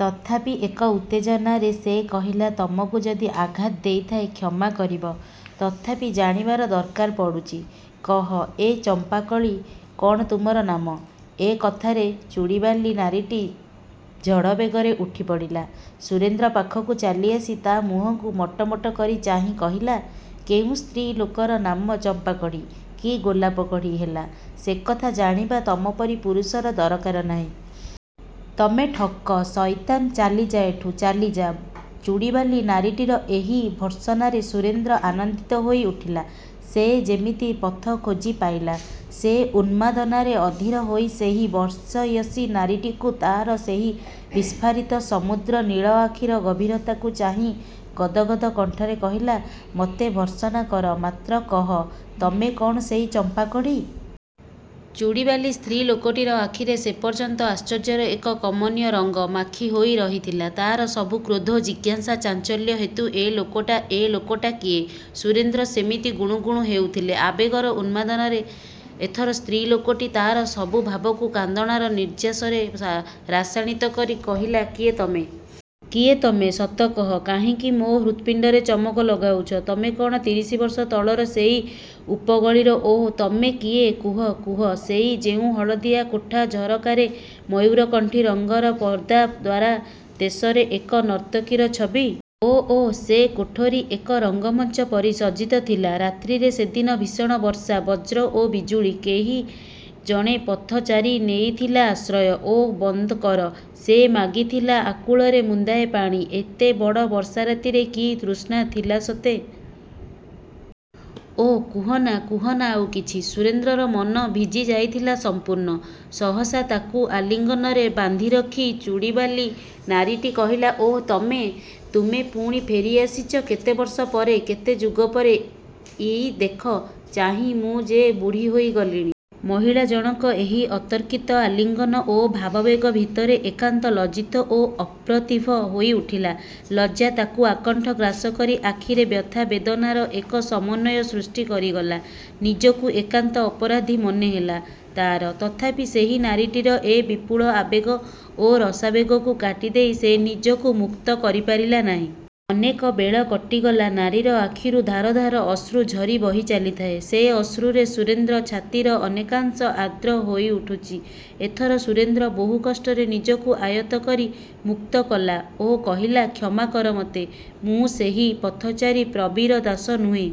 ତଥାପି ଏକ ଉତ୍ତେଜନାରେ ସେ କହିଲା ତମକୁ ଯଦି ଆଘାତ ଦେଇଥାଏ କ୍ଷମା କରିବ। ତଥାପି ଜାଣିବାର ଦରକାର ପଡ଼ୁଚି। କହ ଏ ଚମ୍ପାକଳି କଣ ତୁମର ନାମ? ଏ କଥାରେ ଚୁଡ଼ିବାଲି ନାରୀଟି ଝଡ଼ବେଗରେ ଉଠି ପଡ଼ିଲା। ସୁରେନ୍ଦ୍ର ପାଖକୁ ଚାଲିଆସି ତା ମୁହଁକୁ ମଟମଟ କରି ଚାହିଁ କହିଲା, କେଉଁ ସ୍ତ୍ରୀ ଲୋକର ନାମ ଚମ୍ପାକଢ଼ି କି ଗୋଲାପ କଢ଼ି ହେଲା ସେକଥା ଜାଣିବା ତମପରି ପୁରୁଷର ଦରକାର ନାହିଁ। ତମେ ଠକ ସଇତାନ ଚାଲିଯା ଏଠୁ ଚାଲିଯା। ଚୁଡ଼ିବାଲି ନାରୀଟିର ଏହି ଭର୍ତ୍ସନାରେ ସୁରେନ୍ଦ୍ର ଆନନ୍ଦିତ ହୋଇ ଉଠିଲା ସେ ଯେମିତି ପଥ ଖୋଜି ପାଇଲା। ସେ ଉନ୍ମାଦନାରେ ଅଧିର ହୋଇ ସେହି ବର୍ଷିୟସୀ ନାରୀଟିକୁ ତାର ସେହି ବିସ୍ଫାରିତ ସମୁଦ୍ର ନୀଳ ଆଖିର ଗଭୀରତାକୁ ଚାହିଁ ଗଦ ଗଦ କଣ୍ଠରେ କହିଲା ମତେ ଭର୍ତ୍ସନା କର ମାତ୍ର କହ ତମେ କଣ ସେଇ ଚମ୍ପାକଢ଼ି। ଚୁଡ଼ିବାଲି ସ୍ତ୍ରୀ ଲୋକଟିର ଆଖିରେ ସେପର୍ଯ୍ୟନ୍ତ ଆଶ୍ଚର୍ଯ୍ୟର ଏକ କମନୀୟ ରଙ୍ଗ ମାଖି ହୋଇ ରହିଥିଲା। ତାର ସବୁ କ୍ରୋଧ ଜିଜ୍ଞାସା ଚାଞ୍ଚଲ୍ୟ ହେତୁ ଏ ଲୋକଟା ଏ ଲୋକଟା କିଏ? ସୁରେନ୍ଦ୍ର ସେମିତି ଗୁଣୁ ଗୁଣୁ ହେଉଥିଲେ ଆବେଗର ଉନ୍ନଦାନରେ। ଏଥର ସ୍ତ୍ରୀ ଲୋକଟି ତାର ସବୁ ଭାବକୁ କାନ୍ଦଣାର ନିର୍ଯ୍ୟାସରେ ରାସାଣିତ କରି କହିଲା କିଏ ତମେ? କିଏ ତମେ? ସତ କହ କାହିଁକି ମୋ ହୃତ୍‌ପିଣ୍ଡରେ ଚମକ ଲଗାଉଛ। ତମେ କଣ ତିରିଶି ବର୍ଷ ତଳର ସେଇ ଉପଗଳିର ଓଃ ତମେ କିଏ କୁହ କୁହ ସେଇ ଯେଉଁ ହଳଦିଆ କୋଠା ଝରକାରେ ମୟୁରକଣ୍ଠୀ ରଙ୍ଗର ପର୍ଦ୍ଦା ଦ୍ୱାରା ଦେଶରେ ଏକ ନର୍ତ୍ତକୀର ଛବି। ଓଃ ଓଃ ସେ କୋଠରୀ ଏକ ରଙ୍ଗମଞ୍ଚ ପରି ସଜ୍ଜିତ ଥିଲା। ରାତ୍ରିରେ ସେଦିନ ଭୀଷଣ ବର୍ଷା ବଜ୍ର ଓ ବିଜୁଳି। କେହଁ ଜଣେ ପଥଚାରୀ ନେଇଥିଲା ଆଶ୍ରୟ। ଓଃ ବନ୍ଦ କର । ସେ ମାଗିଥିଲା ଆକୁଳରେ ମୁନ୍ଦାଏ ପାଣି ଏତେ ବଡ଼ ବର୍ଷା ରାତିରେ କି ତୃଷା ଥିଲା ସତେ। ଓଃ କୁହନା କୁହନା ଆଉ କିଛି। ସୁରେନ୍ଦ୍ରର ମନ ଭିଜି ଯାଇଥିଲା ସମ୍ପୂର୍ଣ୍ଣ। ସହସା ତାକୁ ଆଲିଙ୍ଗନରେ ବାନ୍ଧିରଖି ଚୁଡ଼ିବାଲି ନାରୀଟି କହିଲା ଓଃ ତମେ । ତୁମେ ପୁଣି ଫେରି ଆସିଚ କେତେ ବର୍ଷ ପରେ କେତେ ଯୁଗ ପରେ। ଏଇ ଦେଖ ଚାହିଁ ମୁଁ ଯେ ବୁଢ଼ୀ ହୋଇ ଗଲିଣି। ମହିଳା ଜଣକ ଏହି ଅତର୍କିତ ଆଲିଙ୍ଗନ ଓ ଭାବାବେଗ ଭିତରେ ଏକାନ୍ତ ଲଜ୍ଜିତ ଓ ଅପ୍ରତିଭ ହୋଇ ଉଠିଲା। ଲଜ୍ଜା ତାକୁ ଆକଣ୍ଠ ଗ୍ରାସ କରି ଆଖିରେ ବ୍ୟଥା ବେଦନାର ଏକ ସମନ୍ଵୟ ସୃଷ୍ଟି କରିଗଲା। ନିଜକୁ ଏକାନ୍ତ ଅପରାଧୀ ମନେ ହେଲା ତାର। ତଥାପି ସେହି ନାରୀଟିର ଏ ବିପୁଳ ଆବେଗ ଓ ରସାବେଗକୁ କାଟିଦେଇ ସେ ନିଜକୁ ମୁକ୍ତ କରିପାରିଲା ନାହିଁ। ଅନେକ ବେଳ କଟିଗଲା ନାରୀର ଆଖିରୁ ଧାର ଧାର ଅଶ୍ରୁ ଝରି ବହି ଚାଲିଥାଏ। ସେ ଅଶ୍ରୁରେ ସୁରେନ୍ଦ୍ର ଛାତିର ଅନେକାଂଶ ଆର୍ଦ୍ର ହୋଇଉଠୁଚି। ଏଥର ସୁରେନ୍ଦ୍ର ବହୁ କଷ୍ଟରେ ନିଜକୁ ଆୟତ୍ତ କରି ମୁକ୍ତକଲା ଓ କହିଲା କ୍ଷମା କର ମତେ ମୁଁ ସେହି ପଥଚାରୀ ପ୍ରବୀର ଦାସ ନୁହେଁ।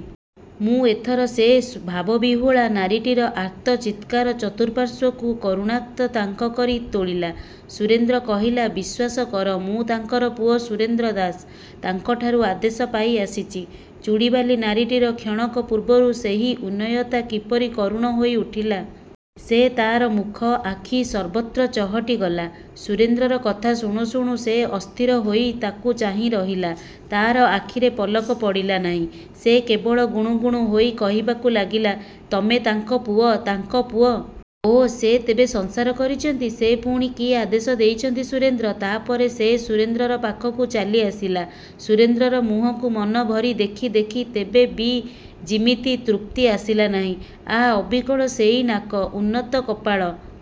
ମୁଁ ଏଥର ସେ ଭାବବିହ୍ୱଳା ନାରୀଟିର ଆର୍ତ୍ତ ଚିତ୍କାର ଚତୁଃପାର୍ଶ୍ଵକୁ କରୁଣାକ୍ତ ତାଙ୍କ କରି ତୋଳିଲା। ସୁରେନ୍ଦ୍ର କହିଲା ବିଶ୍ଵାସ କର ମୁଁ ତାଙ୍କର ପୁଅ ସୁରେନ୍ଦ୍ର ଦାସ। ତାଙ୍କଠାରୁ ଆଦେଶ ପାଇ ଆସିଚି। ଚୁଡ଼ିବାଲି ନାରୀଟିର କ୍ଷଣକ ପୂର୍ବରୁ ସେହି ଉନ୍ନୟତା କିପରି କରୁଣ ହୋଇ ଉଠିଲା। ସେ ତାର ମୁଖ ଆଖି ସର୍ବତ୍ର ଚହଟି ଗଲା। ସୁରେନ୍ଦ୍ରର କଥା ଶୁଣୁ ଶୁଣୁ ସେ ଅସ୍ଥିର ହୋଇ ତାକୁ ଚାହିଁ ରହିଲା ତାର ଆଖିରେ ପଲକ ପଡ଼ିଲା ନାହିଁ। ସେ କେବଳ ଗୁଣୁ ଗୁଣୁ ହୋଇ କହିବାକୁ ଲାଗିଲା ତମେ ତାଙ୍କ ପୁଅ ତାଙ୍କ ପୁଅ। ଓଃ ସେ ତେବେ ସଂସାର କରିଚନ୍ତି। ସେ ପୁଣି କି ଆଦେଶ ଦେଇଛନ୍ତି ସୁରେନ୍ଦ୍ର? ତାପରେ ସେ ସୁରେନ୍ଦ୍ରର ପାଖକୁ ଚାଲି ଆସିଲା। ସୁରେନ୍ଦ୍ରର ମୁହଁକୁ ମନ ଭରି ଦେଖି ଦେଖି ତେବେ ବି ଯିମିତି ତୃପ୍ତି ଆସିଲା ନାହିଁ। ଆଃ ଅବିକଳ ସେଇ ନାକ ଉନ୍ନତ କପାଳ।